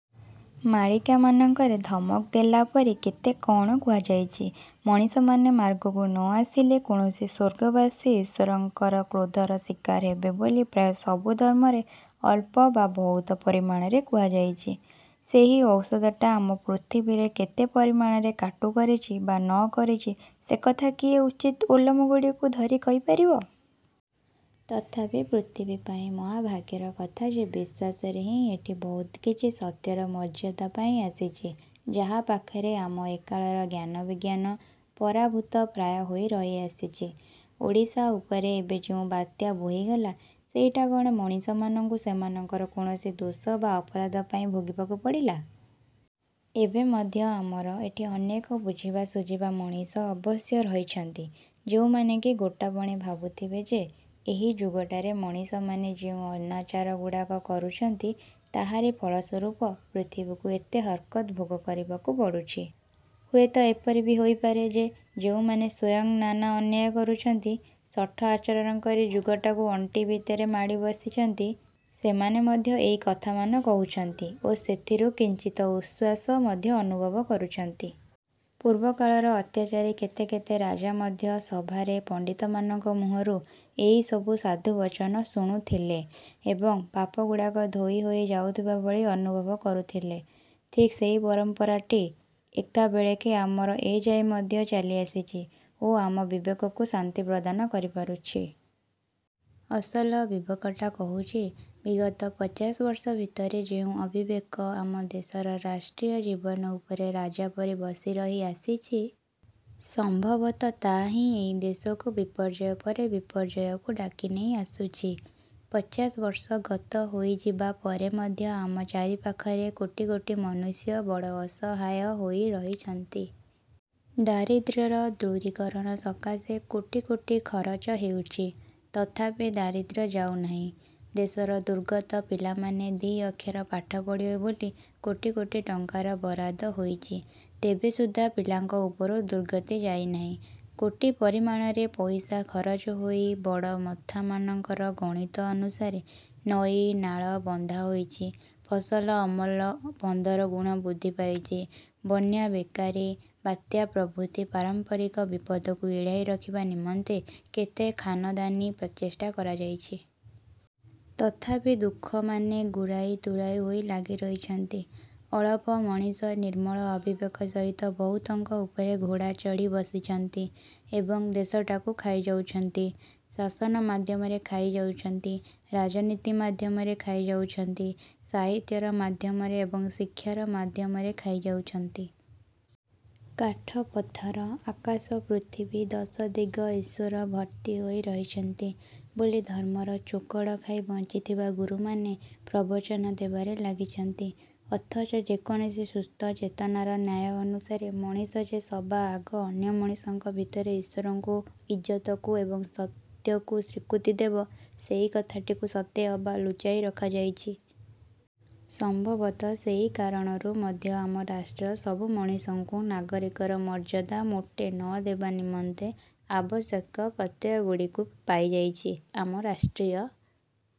ମାଳିକାମାନଙ୍କରେ ଧମକ ଦେଲାପରି କେତେ କଣ କୁହାଯାଇଛି। ମଣିଷମାନେ ମାର୍ଗକୁ ନ ଆସିଲେ କୌଣସି ସ୍ୱର୍ଗବାସୀ ଈଶ୍ୱରଙ୍କର କ୍ରୋଧର ଶିକାର ହେବେ ବୋଲି ପ୍ରାୟ ସବୁ ଧର୍ମରେ ଅଳ୍ପ ବା ବହୁତ ପରିମାଣରେ କୁହାଯାଇଛି। ସେହି ଔଷଧଟା ଆମ ପୃଥିବୀରେ କେତେ ପରିମାଣରେ କାଟୁ କରିଛି ବା ନ କରିଛି ଏକଥା କିଏ ଉଚିତ ଓଳମଗୁଡ଼ିକୁ ଧରି କହିପାରିବ? ତଥାପି ପୃଥିବୀ ପାଇଁ ମହାଭାଗ୍ୟର କଥା ଯେ ବିଶ୍ୱାସରେ ହିଁ ଏଠି ବହୁତ କିଛି ସତ୍ୟର ମର୍ଯ୍ୟାଦା ପାଇ ଆସିଛି, ଯାହା ପାଖରେ ଆମ ଏକାଳର ଜ୍ଞାନବିଜ୍ଞାନ ପରାଭୂତ ପ୍ରାୟ ହୋଇ ରହି ଆସିଛି। ଓଡ଼ିଶା ଉପରେ ଏବେ ଯେଉଁ ବାତ୍ୟା ବୋହିଗଲା, ସେଇଟା କଣ ମଣିଷମାନଙ୍କୁ ସେମାନଙ୍କର କୌଣସି ଦୋଷ ବା ଅପରାଧ ପାଇଁ ଭୋଗିବାକୁ ପଡ଼ିଲା? ଏବେ ମଧ୍ୟ ଆମର ଏଠି ଅନେକ ବୁଝିବା ଶୁଝିବା ମଣିଷ ଅବଶ୍ୟ ରହିଛନ୍ତି, ଯେଉଁମାନେ କି ଗୋଟାପଣେ ଭାବୁଥିବେ ଯେ, ଏହି ଯୁଗଟାରେ ମଣିଷମାନେ ଯେଉଁ ଅନାଚାରଗୁଡ଼ାକ କରୁଛନ୍ତି, ତାହାରି ଫଳସ୍ୱରୂପ ପୃଥିବୀକୁ ଏତେ ହରକତ ଭୋଗ କରିବାକୁ ପଡୁଛି। ହୁଏତ ଏପରି ବି ହୋଇପାରେ ଯେ, ଯେଉଁମାନେ ସ୍ୱୟଂ ନାନା ଅନ୍ୟାୟ କରୁଛନ୍ତି, ଶଠ ଆଚରଣ କରି ଯୁଗଟାକୁ ଅଣ୍ଟି ଭିତରେ ମାଡ଼ି ବସିଛନ୍ତି, ସେମାନେ ମଧ୍ୟ ଏହି କଥାମାନ କହୁଛନ୍ତି ଓ ସେଥିରୁ କିଞ୍ଚିତ ଉଶ୍ୱାସ ମଧ୍ୟ ଅନୁଭବ କରୁଛନ୍ତି। ପୂର୍ବକାଳର ଅତ୍ୟାଚାରୀ କେତେ କେତେ ରାଜା ମଧ୍ୟ ସଭାରେ ପଣ୍ଡିତମାନଙ୍କ ମୁହଁରୁ ଏହିସବୁ ସାଧୁବଚନ ଶୁଣୁଥିଲେ ଏବଂ ପାପଗୁଡ଼ାକ ଧୋଇ ହୋଇ ଯାଉଥିବା ଭଳି ଅନୁଭବ କରୁଥିଲେ। ଠିକ୍ ସେହି ପରମ୍ପରାଟି ଏକାବେଳେକେ ଆମର ଏଯାଏ ମଧ୍ୟ ଚାଲିଆସିଛି ଓ ଆମ ବିବେକକୁ ଶାନ୍ତି ପ୍ରଦାନ କରିପାରୁଛି। ଅସଲ ବିବେକଟା କହୁଛି, ବିଗତ ପଚାଶ ବର୍ଷ ଭିତରେ ଯେଉଁ ଅବିବେକ ଆମ ଦେଶର ରାଷ୍ଟ୍ରୀୟ ଜୀବନ ଉପରେ ରାଜା ପରି ବସିରହି ଆସିଛି, ସମ୍ଭବତଃ ତାହା ହିଁ ଏହି ଦେଶକୁ ବିପର୍ଯ୍ୟୟ ପରେ ବିପର୍ଯ୍ୟୟକୁ ଡାକିନେଇ ଆସୁଛି। ପଚାଶ ବର୍ଷ ଗତ ହୋଇଯିବା ପରେ ମଧ୍ୟ ଆମ ଚାରିପାଖରେ କୋଟି କୋଟି ମନୁଷ୍ୟ ବଡ଼ ଅସହାୟ ହୋଇ ରହିଛନ୍ତି। ଦାରିଦ୍ର୍ୟର ଦୂରୀକରଣ ସକାଶେ କୋଟି କୋଟି ଖରଚ ହେଉଛି, ତଥାପି ଦାରିଦ୍ର୍ୟ ଯାଉନାହିଁ। ଦେଶର ଦୁର୍ଗତ ପିଲାମାନେ ଦି ଅକ୍ଷର ପାଠ ପଢ଼ିବେ ବୋଲି କୋଟି କୋଟି ଟଙ୍କାର ବରାଦ ହୋଇଛି ତେବେ ସୁଦ୍ଧା ପିଲାଙ୍କ ଉପରୁ ଦୁର୍ଗତି ଯାଇନାହିଁ। କୋଟି ପରିମାଣରେ ପଇସା ଖରଚ ହୋଇ ବଡ଼ମଥାମାନଙ୍କର ଗଣିତ ଅନୁସାରେ ନଈ ନାଳ ବନ୍ଧା ହୋଇଛି, ଫସଲ ଅମଳ ପନ୍ଦରଗୁଣ ବୃଦ୍ଧି ପାଇଛି, ବନ୍ୟା, ବେକାରୀ, ବାତ୍ୟା ପ୍ରଭୃତି ପାରମ୍ପରିକ ବିପଦକୁ ଏଡ଼ାଇ ରଖିବା ନିମନ୍ତେ କେତେ ଖାନଦାନୀ ପ୍ରଚେଷ୍ଟା କରାଯାଇଛି। ତଥାପି ଦୁଃଖମାନେ ଗୁରାଇ ତୁରାଇ ହୋଇ ଲାଗି ରହିଛନ୍ତି। ଅଳପ ମଣିଷ ନିର୍ମଳ ଅବିବେକ ସହିତ ବହୁତଙ୍କ ଉପରେ ଘୋଡ଼ା ଚଢ଼ି ବସିଛନ୍ତି ଏବଂ ଦେଶଟାକୁ ଖାଇଯାଉଛନ୍ତି। ଶାସନ ମାଧ୍ୟମରେ ଖାଇ ଯାଉଛନ୍ତି, ରାଜନୀତି ମାଧ୍ୟମରେ ଖାଇ ଯାଉଛନ୍ତି, ସାହିତ୍ୟର ମାଧ୍ୟମରେ ଏବଂ ଶିକ୍ଷାର ମାଧ୍ୟମରେ ଖାଇ ଯାଉଛନ୍ତି। କାଠ, ପଥର, ଆକାଶ, ପୃଥିବୀ ଦଶଦିଶ ଈଶ୍ୱର ଭର୍ତ୍ତି ହୋଇ ରହିଛନ୍ତି ବୋଲି ଧର୍ମର ଚୋକଡ଼ ଖାଇ ବଞ୍ଚିଥିବା ଗୁରୁମାନେ ପ୍ରବଚନ ଦେବାରେ ଲାଗିଛନ୍ତି ଅଥଚ ଯେକୌଣସି ସୁସ୍ଥ ଚେତନାର ନ୍ୟାୟ ଅନୁସାରେ ମଣିଷ ଯେ ସବାଆଗ ଅନ୍ୟ ମଣିଷଙ୍କ ଭିତରେ ଈଶ୍ୱରଙ୍କୁ, ଇଜ୍ଜତକୁ ଏବଂ ସତ୍ୟକୁ ସ୍ୱୀକୃତି ଦେବ, ସେହି କଥାଟିକୁ ସତେ ଅବା ଲୁଚାଇ ରଖାଯାଇଛି। ସମ୍ଭବତଃ ସେହି କାରଣରୁ ମଧ୍ୟ ଆମ ରାଷ୍ଟ୍ର ସବୁ ମଣିଷଙ୍କୁ ନାଗରିକର ମର୍ଯ୍ୟାଦା ମୋଟେ ନ ଦେବା ନିମନ୍ତେ ଆବଶ୍ୟକ ପ୍ରତ୍ୟୟଗୁଡ଼ିକୁ ପାଇଯାଇଛି। ଆମ ରାଷ୍ଟ୍ରୀୟ